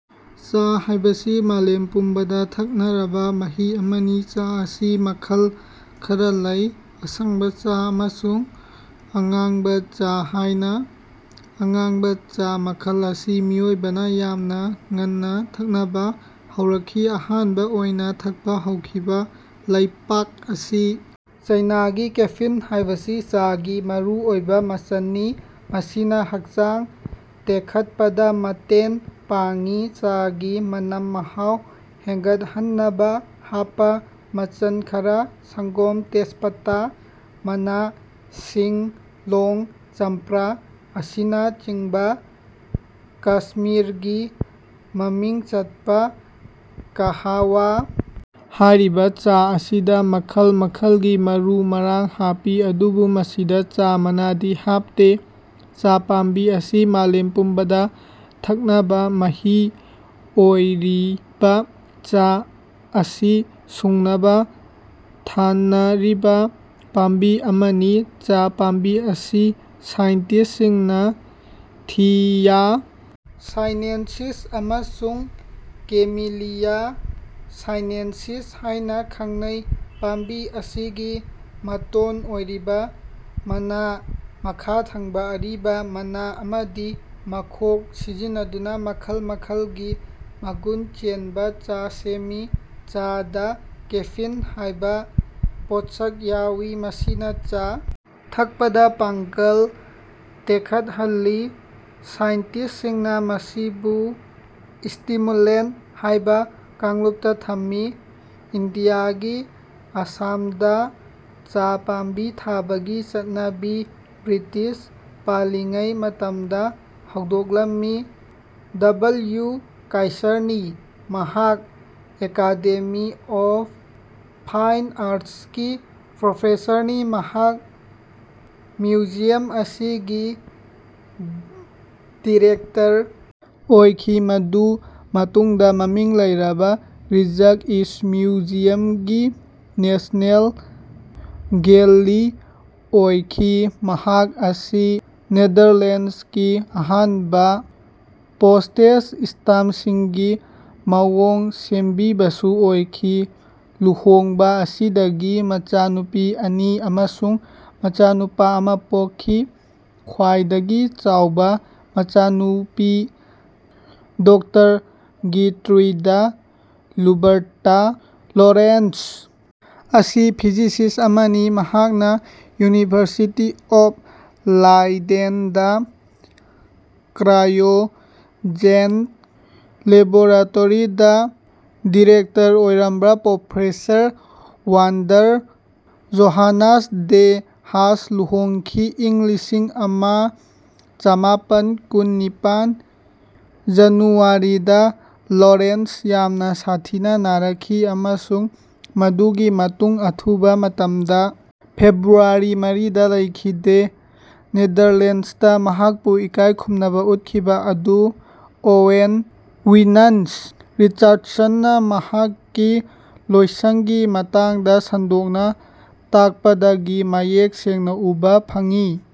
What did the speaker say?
ꯆꯥ ꯍꯥꯏꯕꯁꯤ ꯃꯥꯂꯦꯝ ꯄꯨꯝꯕꯗ ꯊꯛꯅꯔꯕ ꯃꯍꯤ ꯑꯃꯅꯤ꯫ ꯆꯥ ꯑꯁꯤ ꯃꯈꯜ ꯈꯔꯥ ꯂꯩ ꯑꯁꯪꯕ ꯆꯥ ꯑꯃꯁꯨꯡ ꯑꯉꯥꯡꯕ ꯆꯥ ꯍꯥꯏꯅ꯫ ꯑꯉꯥꯡꯕ ꯆꯥ ꯃꯈꯜ ꯑꯁꯤ ꯃꯤꯑꯣꯏꯕꯅ ꯌꯥꯝꯅ ꯉꯟꯅ ꯊꯛꯅꯕ ꯍꯧꯔꯛꯈꯤ ꯑꯍꯥꯟꯕ ꯑꯣꯏꯅ ꯊꯛꯄ ꯍꯧꯈꯤꯕ ꯂꯩꯄꯥꯛ ꯑꯁꯤ ꯆꯥꯏꯅꯅꯤ꯫ ꯀꯦꯐꯤꯟ ꯍꯥꯏꯕꯁꯤ ꯆꯥ ꯒꯤ ꯃꯔꯨ ꯑꯣꯏꯕ ꯃꯆꯟꯅꯤ꯫ ꯃꯁꯤꯅ ꯍꯛꯆꯥꯡ ꯇꯦꯛꯈꯠꯄꯗ ꯃꯇꯦꯟ ꯄꯥꯡꯏ꯫ ꯆꯥ ꯒꯤ ꯃꯅꯝ ꯃꯍꯥꯎ ꯍꯦꯟꯒꯠꯍꯟꯅꯕ ꯍꯥꯞꯄ ꯃꯆꯟ ꯈꯔ ꯁꯪꯒꯣꯝ ꯇꯦꯖꯄꯇ ꯃꯅꯥ ꯁꯤꯡ ꯂꯣꯡ ꯆꯝꯄ꯭ꯔꯥ ꯑꯁꯤꯅ ꯆꯤꯡꯕ꯫ ꯀꯁꯃꯤꯔꯒꯤ ꯃꯃꯤꯡ ꯆꯠꯄ ꯀꯥꯍꯋꯥ ꯍꯥꯏꯔꯤꯕ ꯆꯥ ꯑꯁꯤꯗ ꯃꯈꯜ ꯃꯈꯜꯒꯤ ꯃꯔꯨ ꯃꯔꯥꯡ ꯍꯥꯞꯄꯤ ꯑꯗꯨꯕꯨ ꯃꯁꯤꯗ ꯆꯥ ꯃꯅꯥꯗꯤ ꯍꯥꯞꯇꯦ꯫ ꯆꯥ ꯄꯥꯝꯕꯤ ꯑꯁꯤ ꯃꯥꯂꯦꯝ ꯄꯨꯝꯕꯗ ꯊꯛꯅꯕ ꯃꯍꯤ ꯑꯣꯢꯔꯤꯕ ꯆꯥ ꯑꯁꯤ ꯁꯨꯡꯅꯕ ꯊꯥꯟꯅꯔꯤꯕ ꯄꯥꯝꯕꯤ ꯑꯃꯅꯤ꯫ ꯆꯥ ꯄꯥꯝꯕꯤ ꯑꯁꯤ ꯁꯥꯏꯟꯇꯤꯁ ꯁꯤꯡꯅ ꯊꯤꯌꯥ ꯁꯥꯏꯅꯦꯟꯁꯤꯁ ꯑꯃꯁꯨꯡ ꯀꯦꯃꯤꯂꯤꯌꯥ ꯁꯥꯏꯅꯦꯟꯁꯤꯁ ꯍꯥꯏꯅ ꯈꯪꯅꯩ꯫ ꯄꯥꯝꯕꯤ ꯑꯁꯤꯒꯤ ꯃꯇꯣꯟ ꯑꯣꯏꯔꯤꯕ ꯃꯅꯥ ꯃꯈꯥ ꯊꯪꯕ ꯑꯔꯤꯕ ꯃꯅꯥ ꯑꯃꯗꯤ ꯃꯈꯣꯛ ꯁꯤꯖꯤꯟꯅꯗꯨꯅ ꯃꯈꯜ ꯃꯈꯜ ꯒꯤ ꯃꯒꯨꯟ ꯆꯦꯟꯕ ꯆꯥ ꯁꯦꯝꯃꯤ꯫ ꯆꯥ ꯗ ꯀꯦꯐꯤꯟ ꯍꯥꯏꯕ ꯄꯣꯠꯁꯛ ꯌꯥꯎꯏ꯫ ꯃꯁꯤꯅ ꯆꯥ ꯊꯛꯄꯗ ꯄꯥꯡꯒꯜ ꯇꯦꯛꯈꯠꯍꯜꯂꯤ꯫ ꯁꯥꯏꯟꯇꯤꯁ ꯁꯤꯡꯅ ꯃꯁꯤꯕꯨ ꯁ꯭ꯇꯤꯃꯨꯂꯦꯟꯠ ꯍꯥꯏꯕ ꯀꯥꯡꯂꯨꯞꯇ ꯊꯝꯃꯤ꯫ ꯏꯟꯗꯤꯌꯥꯒꯤ ꯑꯁꯥꯝ ꯗ ꯆꯥ ꯄꯥꯝꯕꯤ ꯊꯥꯕꯒꯤ ꯆꯠꯅꯕꯤ ꯕ꯭ꯔꯤꯇꯤꯁ ꯄꯥꯟꯂꯤꯉꯩ ꯃꯇꯝꯗ ꯍꯧꯗꯣꯛꯂꯝꯃꯤ꯫ ꯗꯕꯜꯌꯨ ꯀꯥꯏꯁꯔꯅꯤ ꯃꯍꯥꯛ ꯑꯦꯀꯥꯗꯦꯃꯤ ꯑꯣꯐ ꯐꯥꯏꯟ ꯑꯥꯔꯠꯁꯀꯤ ꯄ꯭ꯔꯣꯐꯦꯁꯔꯅꯤ꯫ ꯃꯍꯥꯛ ꯃ꯭ꯌꯨꯖꯤꯌꯝ ꯑꯁꯤꯒꯤ ꯗꯤꯔꯦꯛꯇꯔ ꯑꯣꯏꯈꯤ ꯃꯗꯨ ꯃꯇꯨꯡꯗ ꯃꯃꯤꯡ ꯂꯩꯔꯕ ꯔꯤꯖꯛ꯭ꯁꯃ꯭ꯌꯨꯖꯤꯌꯝꯒꯤ ꯅꯦꯁ꯭ꯅꯦꯜ ꯒꯦꯜꯂꯤ ꯑꯣꯏꯈꯤ꯫ ꯃꯍꯥꯛ ꯑꯁꯤ ꯅꯦꯗꯔꯂꯦꯟ꯭ꯁꯀꯤ ꯑꯍꯥꯟꯕ ꯄꯣꯁ꯭ꯇꯦꯖ ꯁ꯭ꯇꯥꯝꯞꯁꯤꯡꯒꯤ ꯃꯑꯣꯡ ꯁꯦꯝꯕꯤꯕꯁꯨ ꯑꯣꯏꯈꯤ꯫ ꯂꯨꯍꯣꯡꯕ ꯑꯁꯤꯗꯒꯤ ꯃꯆꯥꯅꯨꯄꯤ ꯑꯅꯤ ꯑꯃꯁꯨꯡ ꯃꯆꯥꯅꯨꯄꯥ ꯑꯃ ꯄꯣꯛꯈꯤ꯫ ꯈ꯭ꯋꯥꯏꯗꯒꯤ ꯆꯥꯎꯕ ꯃꯆꯥꯅꯨꯄꯤ ꯗꯣꯛꯇꯔ ꯒꯤꯔꯇ꯭ꯔꯨꯏꯗꯥ ꯂꯨꯕꯔꯇꯥ ꯂꯣꯔꯦꯟꯠꯖ ꯑꯁꯤ ꯐꯤꯖꯤꯁꯤꯁꯠ ꯑꯃꯅꯤ꯫ ꯃꯍꯥꯛꯅ ꯌꯨꯅꯤꯚꯔꯁꯤꯇꯤ ꯑꯣꯐ ꯂꯥꯏꯗꯦꯟꯗ ꯀ꯭ꯔꯥꯏꯑꯣꯖꯦꯟꯛ ꯂꯦꯕꯣꯔꯇꯣꯔꯤꯗ ꯗꯤꯔꯦꯛꯇꯔ ꯑꯣꯏꯔꯝꯕ professor Wander Johannes de Haas ꯂꯨꯍꯣꯡꯈꯤ꯫ ꯏꯪ ꯂꯤꯁꯤꯡ ꯑꯃ ꯆꯃꯥꯄꯟ ꯀꯨꯟ ꯅꯤꯄꯥꯟ ꯖꯅꯨꯋꯥꯔꯤꯗ ꯂꯣꯔꯦꯟꯠꯖ ꯌꯥꯝꯅ ꯁꯥꯊꯤꯅ ꯅꯥꯔꯛꯈꯤ, ꯑꯃꯁꯨꯡ ꯃꯗꯨꯒꯤ ꯃꯇꯨꯡꯗ ꯑꯊꯨꯕ ꯃꯇꯝꯗ ꯐꯦꯕ꯭ꯔꯨꯋꯥꯔꯤ ꯃꯔꯤꯗ ꯂꯩꯈꯤꯗꯦ꯫ ꯅꯦꯗꯔꯂꯦꯟꯁꯇ ꯃꯍꯥꯛꯄꯨ ꯏꯀꯥꯏꯈꯨꯝꯅꯕ ꯎꯠꯈꯤꯕ ꯑꯗꯨ ꯑꯣꯋꯦꯟ ꯋꯤꯂꯟ꯭ꯁ ꯔꯤꯆꯥꯔꯗꯁꯟꯅ ꯃꯍꯥꯛꯀꯤ ꯂꯣꯏꯁꯡꯒꯤ ꯃꯇꯥꯡꯗ ꯁꯟꯗꯣꯛꯅ ꯇꯥꯛꯄꯗꯒꯤ ꯃꯌꯦꯛ ꯁꯦꯡꯅ ꯎꯕ ꯐꯪꯉꯤ꯫